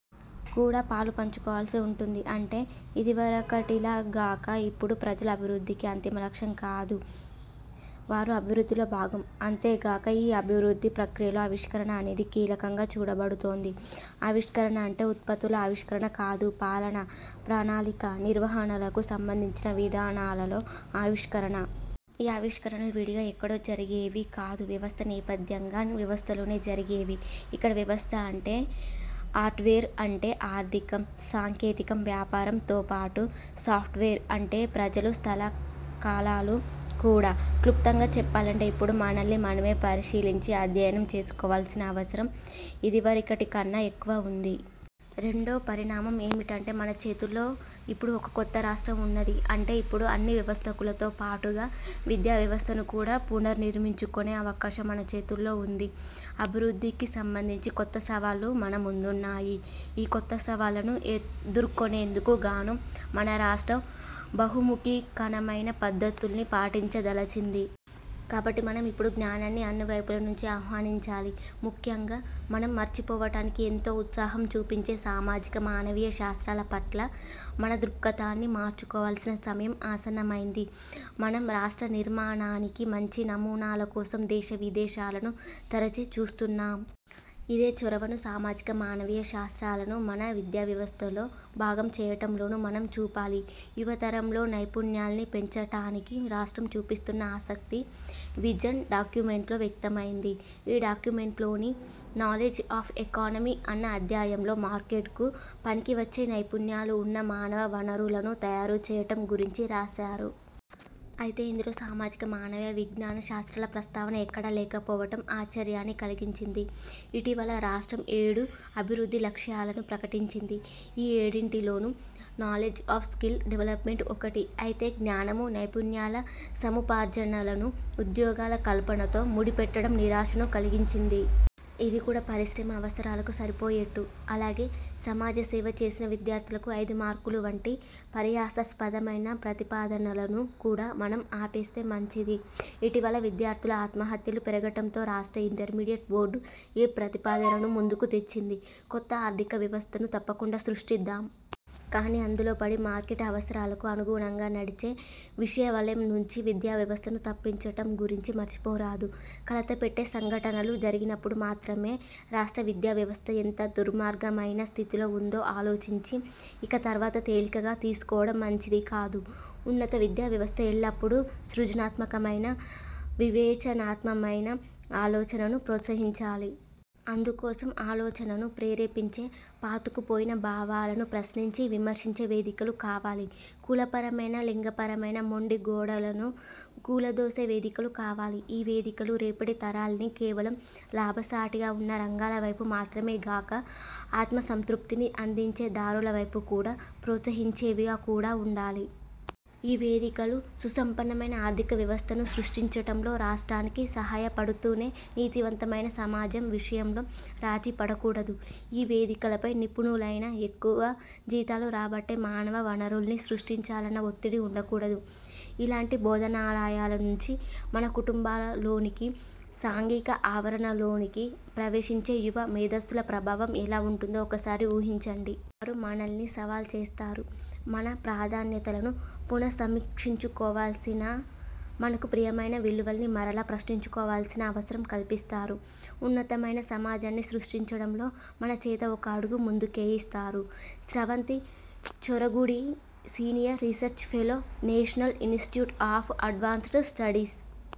కూడా పాలు పంచుకోవాల్సి ఉంటుంది. అంటే ఇదివరకటిలా గాక, ఇప్పుడు ప్రజలు అభివృద్ధికి అంతిమ లక్ష్యం కాదు, వారూ అభివృద్ధిలో భాగం. అంతేగాక, ఈ అభివృద్ధి ప్రక్రియలో ఆవిష్కరణ అనేది కీలకంగా చూడబడుతోంది. ఆవిష్కరణ అంటే ఉత్పత్తుల ఆవిష్కరణ కాదు పాలన, ప్రణాళిక, నిర్వహణలకు సంబంధించిన విధానాలలో ఆవిష్కరణ. ఈ ఆవిష్కరణలు విడిగా ఎక్కడో జరిగేవి కాదు వ్యవస్థ నేపథ్యంగా వ్యవస్థలోనే జరిగేవి. ఇక్కడ వ్యవస్థ అంటే ''హార్డ్వేర్''––అంటే ఆర్థికం, సాంకేతికం, వ్యాపారం తోపాటు, ''సాఫ్ట్వేర్''–– అంటే ప్రజలు, స్థల కాలాలు కూడా. క్లుప్తంగా చెప్పాలంటే ఇప్పుడు మనల్ని మనమే పరిశీలించి అధ్యయనం చేసుకోవాల్సిన అవసరం ఇదివరకటికన్నా ఎక్కువ వుంది. రెండో పరిణామం ఏమిటంటే– మన చేతుల్లో ఇప్పుడు ఒక కొత్త రాష్ట్రం ఉన్నది. అంటే ఇప్పుడు అన్ని వ్యవస్థలతో పాటుగా, విద్యా వ్యవస్థను కూడా పునర్నిర్మించుకొనే అవకాశం మన చేతుల్లో ఉంది. అభివృద్ధికి సంబంధించి కొత్త సవాళ్లు మన ముందున్నాయి. ఈ కొత్త సవాళ్ళను ఎదుర్కొనేందుకు గాను మన రాష్ట్రం బహుముఖీనమైన పద్ధతుల్ని పాటించదలచింది. కాబట్టి మనం ఇప్పుడు జ్ఞానాన్ని అన్ని వైపుల నుంచీ ఆహ్వానించాలి. ముఖ్యంగా మనం మర్చిపోవటానికి ఎంతో ఉత్సాహం చూపించే సామాజిక, మానవీయ శాస్త్రాల పట్ల మన దృక్పథాన్ని మార్చుకోవాల్సిన సమయం ఆసన్నమైంది. మనం రాష్ట్ర నిర్మాణానికి మంచి నమూనాల కోసం దేశ విదేశాలను తరచి చూస్తున్నాం. అదే చొరవను సామాజిక, మానవీయ శాస్త్రాలను మన విద్యా వ్యవస్థలో భాగం చేయటంలోనూ మనం చూపాలి. యువతరంలో నైపుణ్యాల్ని పెంచటానికి రాష్ట్రం చూపిస్తున్న ఆసక్తి విజన్ డాక్యుమెంట్లో వ్యక్తమైంది. ఈ డాక్యుమెంట్లోని 'నాలెడ్జ్ అఫ్ ఎకానమి' అన్న అధ్యాయంలో మార్కెట్కు పనికివచ్చే నైపుణ్యాలు వున్న మానవ వనరులను తయారు చేయటం గురించి రాశారు. అయితే ఇందులో సామాజిక, మానవ విజ్ఞాన శాస్త్రాల ప్రస్తావన ఎక్కడా లేకపోవటం ఆశ్చర్యాన్ని కలిగించింది. ఇటీవల రాష్ట్రం ఏడు అభివృద్ధి లక్ష్యాలను ప్రకటించింది. ఈ ఏడింటిలోనూ 'నాలెడ్జ్ అఫ్ స్కిల్ డెవలెప్మెంట్' ఒకటి. అయితే జ్ఞానమూ, నైపుణ్యాల సముపార్జనలను ఉద్యోగాల కల్పనతో ముడిపెట్టడం నిరాశను కలిగించింది. అదికూడా, పరిశ్రమ అవసరాలకు సరిపోయేట్టు. అలాగే, ''సమాజ సేవ చేసిన విద్యార్థులకు ఐదు మార్కులు'' వంటి పరిహాసాస్పదమైన ప్రతిపాదనలను కూడా మనం ఆపేస్తే మంచిది. ఇటీవల విద్యార్థుల ఆత్మహత్యలు పెరగటంతో రాష్ట్ర ఇంటర్మీడియట్ బోర్డు ఈ ప్రతిపాదనను ముందుకు తెచ్చింది. కొత్త ఆర్థిక వ్యవస్థను తప్పకుండా సృష్టిద్దాం. కానీ అందులోపడి మార్కెట్ అవసరాలకు అనుగుణంగా నడిచే విషవలయంనుంచి విద్యావ్యవస్థను తప్పించటం గురించి మర్చిపోరాదు. కలతపెట్టే సంఘటనలు జరిగినప్పుడు మాత్రమే రాష్ట్ర విద్యావ్యవస్థ ఎంత దుర్మార్గమైన స్థితిలో ఉందో ఆలోచించి, ఇక తర్వాత తేలికగా తీసుకోవడం మంచిది కాదు. ఉన్నత విద్యా వ్యవస్థ ఎల్లప్పుడూ సృజనాత్మకమైన, వివేచనాత్మకమైన ఆలోచనను ప్రోత్సహించాలి. అందుకోసం ఆలోచనను ప్రేరేపించే, పాతుకుపోయిన భావాలను ప్రశ్నించి విమర్శించే వేదికలు కావాలి కులపరమైన లింగపరమైన మొండి గోడలను కూలదోసే వేదికలు కావాలి. ఈ వేదికలు రేపటి తరాల్ని కేవలం లాభసాటిగా ఉన్న రంగాలవైపు మాత్రమేగాక, ఆత్మసంతృప్తిని అందించే దారుల వైపు కూడా ప్రోత్సహించేవిగా కూడా ఉండాలి. ఈ వేదికలు సుసంపన్నమైన ఆర్థిక వ్యవస్థను సృష్టించటంలో రాష్ట్రానికి సాయపడుతూనే, నీతివంతమైన సమాజం విషయంలో రాజీపడకూడదు. ఈ వేదికలపై నిపుణులైన, ఎక్కువ జీతాలు రాబట్టే మానవ వనరుల్ని సృష్టించాలన్న ఒత్తిడి ఉండకూడదు. ఇలాంటి బోధనాలయాల నుంచి మన కుటుంబాల్లోనికీ, సాంఘిక ఆవరణల్లోనికీ ప్రవేశించే యువ మేధస్సుల ప్రభావం ఎలా ఉంటుందో ఒకసారి ఊహించండి. వారు మనల్ని సవాల్ చేస్తారు. మన ప్రాధాన్యతలను పునస్సమీక్షించుకోవాల్సిన, మనకు ప్రియమైన విలువల్ని మరలా ప్రశ్నించుకోవాల్సిన అవసరం కల్పిస్తారు. ఉన్నతమైన సమాజాన్ని సృష్టించడంలో మన చేత ఒక అడుగు ముందుకేయిస్తారు. Sravanthi Choragudi senior research fellow, national institute of advanced studies